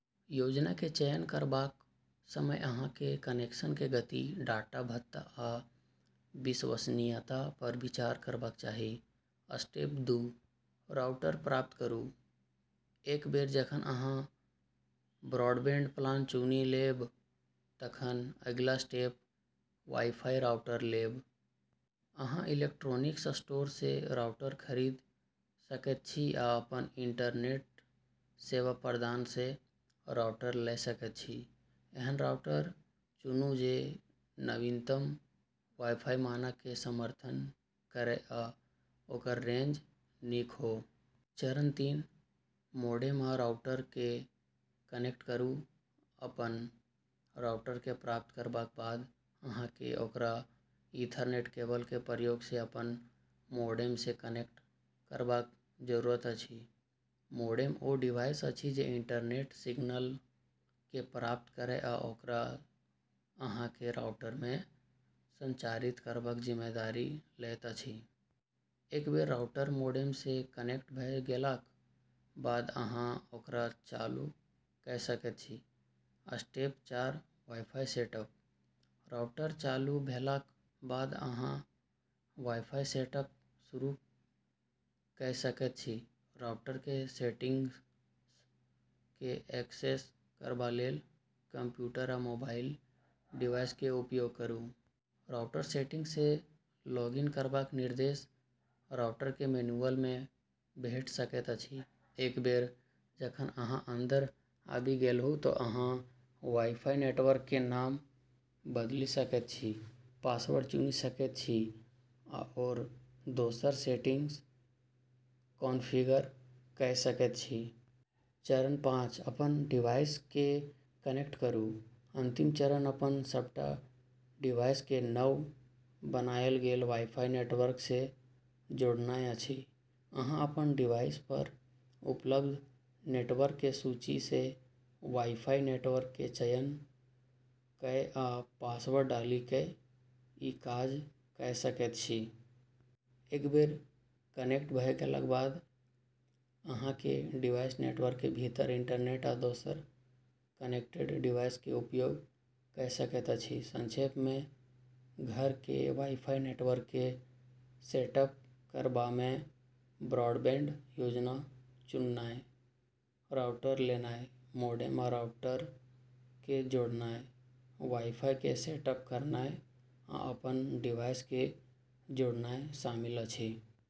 योजना के चयन करबाक समय अहाँ के कनेक्शन के गति, डाटा भत्ता, आ विश्वसनीयता पर विचार करबाक चाही। स्टेप दू राउटर प्राप्त करू। एक बेर जखन अहाँ ब्रॉडबैंड प्लान चुनि लेब तखन अगिला स्टेप वाई-फाई राउटर लेब। अहाँ इलेक्ट्रॉनिक्स स्टोर सँ राउटर खरीद सकैत छी या अपन इंटरनेट सेवा प्रदाता सँ राउटर लए सकैत छी। एहन राउटर चुनू जे नवीनतम वाई-फाई मानक के समर्थन करए आ ओकर रेंज नीक हो। चरण तीन मोडेम आ राउटर के कनेक्ट करू। अपन राउटर के प्राप्त करबाक बाद, अहाँ के ओकरा ईथरनेट केबल के उपयोग सँ अपन मोडेम सँ कनेक्ट करबाक जरूरत अछि। मोडेम ओ डिवाइस अछि जे इंटरनेट सिग्नल के प्राप्त करए आ ओकरा अहाँ के राउटर मे संचारित करबाक जिम्मेदारी लैत अछि। एक बेर राउटर मोडेम सँ कनेक्ट भ गेलाक बाद अहाँ ओकरा चालू कए सकैत छी। स्टेप चार वाई-फाई सेट अप। राउटर चालू भेलाक बाद अहाँ वाई-फाई सेटअप शुरू कए सकैत छी। राउटर के सेटिंग्स के एक्सेस करबा लेल कंप्यूटर या मोबाइल डिवाइस के उपयोग करू। राउटर सेटिंग्स मे लॉग इन करबाक निर्देश राउटर के मैनुअल मे भेट सकैत अछि। एक बेर जखन अहाँ अंदर आबि गेलहुं त अहाँ वाई-फाई नेटवर्क के नाम बदलि सकैत छी, पासवर्ड चुनि सकैत छी आओर दोसर सेटिंग्स कॉन्फ़िगर कए सकैत छी। चरण पाँच अपन डिवाइस के कनेक्ट करू। अंतिम चरण अपन सबटा डिवाइस के नव बनायल गेल वाई-फाई नेटवर्क सँ जोड़नाय अछि। अहाँ अपन डिवाइस पर उपलब्ध नेटवर्क के सूची सँ वाई-फाई नेटवर्क के चयन कए आ पासवर्ड डालि कए ई काज कए सकैत छी। एक बेर कनेक्ट भ गेलाक बाद अहाँ के डिवाइस नेटवर्क के भीतर इंटरनेट आ दोसर कनेक्टेड डिवाइस के उपयोग कए सकैत अछि। संक्षेप मे, घर के वाई-फाई नेटवर्क के सेटअप करबा मे ब्रॉडबैंड योजना चुननाय, राउटर लेनाय, मोडेम आ राउटर के जोड़नाय, वाई-फाई के सेटअप करनाय, आ अपन डिवाइस के जोड़नाय शामिल अछि।